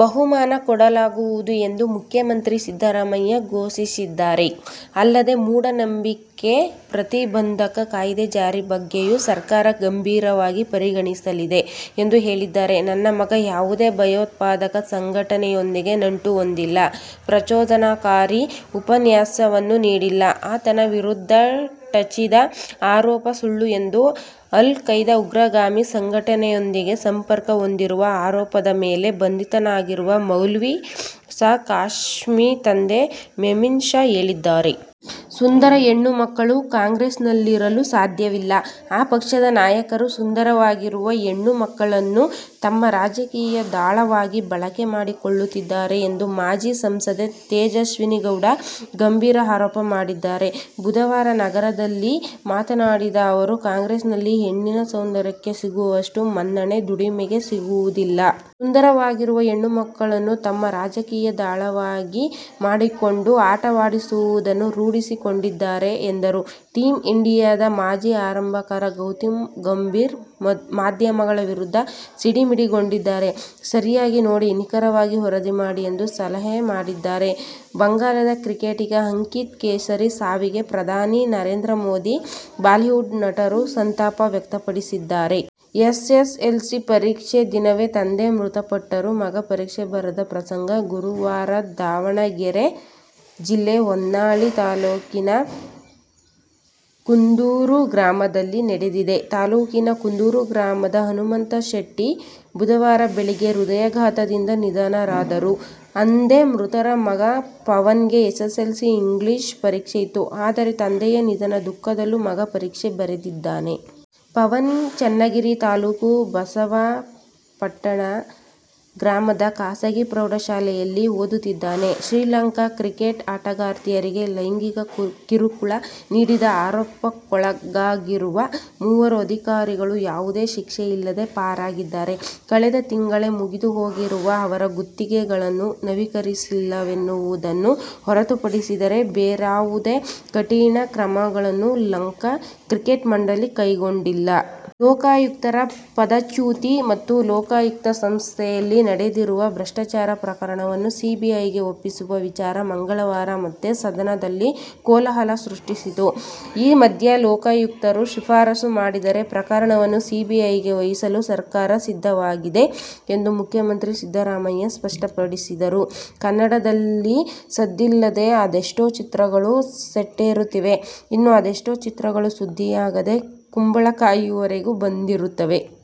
ಬಹುಮಾನ ಕೊಡಲಾಗುವುದು ಎಂದು ಮುಖ್ಯಮಂತ್ರಿ ಸಿದ್ದರಾಮಯ್ಯ ಘೋಷಿಸಿದ್ದಾರೆ. ಅಲ್ಲದೆ ಮೂಢನಂಬಿಕೆ ಪ್ರತಿಬಂಧಕ ಕಾಯ್ದೆ ಜಾರಿ ಬಗ್ಗೆಯೂ ಸರ್ಕಾರ ಗಂಭೀರವಾಗಿ ಪರಿಗಣಿಸಲಿದೆ ಎಂದು ಹೇಳಿದ್ದಾರೆ. ನನ್ನ ಮಗ ಯಾವುದೇ ಭಯೋತ್ಪಾದಕ ಸಂಘಟನೆಯೊಂದಿಗೆ ನಂಟು ಹೊಂದಿಲ್ಲ. ಪ್ರಚೋದನಾಕಾರಿ ಉಪನ್ಯಾಸವನ್ನೂ ನೀಡಿಲ್ಲ. ಆತನ ವಿರುದಟಛಿದ ಆರೋಪ ಸುಳ್ಳು ಎಂದು ಅಲ್ ಖೈದಾ ಉಗ್ರಗಾಮಿ ಸಂಘಟನೆಯೊಂದಿಗೆ ಸಂಪರ್ಕ ಹೊಂದಿರುವ ಆರೋಪದ ಮೇಲೆ ಬಂಧಿತನಾಗಿರುವ ಮೌಲ್ವಿ ಶಾ ಖಾಸ್ಮಿತಂದೆ ಮೆಮಿನ್ ಶಾ ಹೇಳಿದ್ದಾರೆ. ಸುಂದರ ಹೆಣ್ಣು ಮಕ್ಕಳು ಕಾಂಗ್ರೆಸ್ನಲ್ಲಿರಲು ಸಾಧ್ಯವಿಲ್ಲ. ಆ ಪಕ್ಷದ ನಾಯಕರು ಸುಂದರವಾಗಿರುವ ಹೆಣ್ಣು ಮಕ್ಕಳನ್ನು ತಮ್ಮ ರಾಜಕೀಯ ದಾಳವಾಗಿ ಬಳಕೆ ಮಾಡಿಕೊಳ್ಳುತ್ತಿದ್ದಾರೆ ಎಂದು ಮಾಜಿ ಸಂಸದೆ ತೇಜಸ್ವಿನಿ ಗೌಡ ಗಂಭೀರ ಆರೋಪ ಮಾಡಿದ್ದಾರೆ. ಬುಧವಾರ ನಗರದಲ್ಲಿ ಮಾತನಾಡಿದ ಅವರು, ಕಾಂಗ್ರೆಸ್ನಲ್ಲಿ ಹೆಣ್ಣಿನ ಸೌಂದರ್ಯಕ್ಕೆ ಸಿಗುವಷ್ಟು ಮನ್ನಣೆ ದುಡಿಮೆಗೆ ಸಿಗುವುದಿಲ್ಲ. ಸುಂದರವಾಗಿರುವ ಹೆಣ್ಣು ಮಕ್ಕಳನ್ನು ತಮ್ಮ ರಾಜಕೀಯ ದಾಳವಾಗಿ ಮಾಡಿಕೊಂಡು ಆಟವಾಡಿಸುವುದನ್ನು ರೂಢಿಸಿಕೊಂಡಿದ್ದಾರೆ ಎಂದರು. ಟೀಮ್ ಇಂಡಿಯಾದ ಮಾಜಿ ಆರಂಭಕಾರ ಗೌತಮ್ ಗಂಭೀರ್ ಮಾಧ್ಯಮಗಳ ವಿರುದ್ಧ ಸಿಡಿಮಿಡಿಗೊಂಡಿದ್ದಾರೆ. ಸರಿಯಾಗಿ ನೋಡಿ ನಿಖರವಾಗಿ ವರದಿ ಮಾಡಿ ಎಂದು ಸಲಹೆ ಮಾಡಿದ್ದಾರೆ. ಬಂಗಾಲದ ಕ್ರಿಕೆಟಿಗ ಅಂಕಿತ್ ಕೇಸರಿ ಸಾವಿಗೆ ಪ್ರಧಾನಿ ನರೇಂದ್ರ ಮೋದಿ, ಬಾಲಿವುಡ್ ನಟರು ಸಂತಾಪ ವ್ಯಕ್ತಪಡಿಸಿದ್ದಾರೆ. ಎಸ್ಎಸ್ಎಲ್ಸಿ ಪರೀಕ್ಷೆ ದಿನವೇ ತಂದೆ ಮೃತಪಟ್ಟರೂ ಮಗ ಪರೀಕ್ಷೆ ಬರೆದ ಪ್ರಸಂಗ ಗುರುವಾರದಾವಣಗೆರೆ ಜಿಲ್ಲೆ ಹೊನ್ನಾಳಿ ತಾಲೂಕಿನ ಕುಂದೂರು ಗ್ರಾಮದಲ್ಲಿ ನಡೆದಿದೆ. ತಾಲೂಕಿನ ಕುಂದೂರು ಗ್ರಾಮದ ಹನುಮಂತಶೆಟ್ಟಿ ಬುಧವಾರ ಬೆಳಗ್ಗೆ ಹೃದಯಾಘಾತದಿಂದ ನಿಧನರಾದರು. ಅಂದೇ ಮೃತರ ಮಗ ಪವನ್ಗೆ ಎಸ್ಸೆಸ್ಸೆಲ್ಸಿ ಇಂಗ್ಲಿಷ್ ಪರೀಕ್ಷೆ ಇತ್ತು. ಆದರೆ ತಂದೆಯ ನಿಧನದ ದುಃಖದಲ್ಲೂ ಮಗ ಪರೀಕ್ಷೆ ಬರೆದಿದ್ದಾನೆ. ಪವನ್ ಚನ್ನಗಿರಿ ತಾಲೂಕು ಬಸವಾಪಟ್ಟಣ ಗ್ರಾಮದ ಖಾಸಗಿ ಪ್ರೌಢಶಾಲೆಯಲ್ಲಿ ಓದುತ್ತಿದ್ದಾನೆ. ಶ್ರೀಲಂಕಾ ಕ್ರಿಕೆಟ್ ಆಟಗಾರ್ತಿಯರಿಗೆ ಲೈಂಗಿಕ ಕಿರುಕುಳ ನೀಡಿದ ಆರೋಪಕ್ಕೊಳಗಾಗಿರುವ ಮೂವರು ಅಧಿಕಾರಿಗಳು ಯಾವುದೇ ಶಿಕ್ಷೆಯಿಲ್ಲದೇ ಪಾರಾಗಿದ್ದಾರೆ. ಕಳೆದ ತಿಂಗಳೇ ಮುಗಿದುಹೋಗಿರುವ ಅವರ ಗುತ್ತಿಗೆಗಳನ್ನು ನವೀಕರಿಸಿಲ್ಲವೆನ್ನುವುದನ್ನು ಹೊರತುಪಡಿಸಿದರೆ ಬೇರಾವುದೇ ಕಠಿಣ ಕ್ರಮಗಳನ್ನೂ ಲಂಕಾ ಕ್ರಿಕೆಟ್ ಮಂಡಳಿ ಕೈಗೊಂಡಿಲ್ಲ. ಲೋಕಾಯುಕ್ತರ ಪದಚ್ಯುತಿ ಮತ್ತು ಲೋಕಾಯುಕ್ತ ಸಂಸ್ಥೆಯಲ್ಲಿ ನಡೆದಿರುವ ಭ್ರಷ್ಟಾಚಾರ ಪ್ರಕರಣವನ್ನು ಸಿಬಿಐಗೆ ಒಪ್ಪಿಸುವ ವಿಚಾರ ಮಂಗಳವಾರ ಮತ್ತೆ ಸದನದಲ್ಲಿ ಕೋಲಾಹಲ ಸೃಷ್ಟಿಸಿತು. ಈ ಮಧ್ಯೆ ಲೋಕಾಯುಕ್ತರು ಶಿಫಾರಸು ಮಾಡಿದರೆ ಪ್ರಕರಣವನ್ನು ಸಿಬಿಐಗೆ ವಹಿಸಲು ಸರ್ಕಾರ ಸಿದ್ಧವಾಗಿದೆ ಎಂದು ಮುಖ್ಯಮಂತ್ರಿ ಸಿದ್ದರಾಮಯ್ಯ ಸಷ್ಟಪಡಿಸಿದರು. ಕನ್ನಡದಲ್ಲಿ ಸದ್ದಿಲ್ಲದೆ ಅದೆಷ್ಟೋ ಚಿತ್ರಗಳು ಸೆಟ್ಟೇರುತ್ತಿವೆ. ಇನ್ನು ಅದೆಷ್ಟೋ ಚಿತ್ರಗಳು ಸುದ್ದಿಯಾಗದೇ ಕುಂಬಳಕಾಯಿವರೆಗೂ ಬಂದಿರುತ್ತವೆ.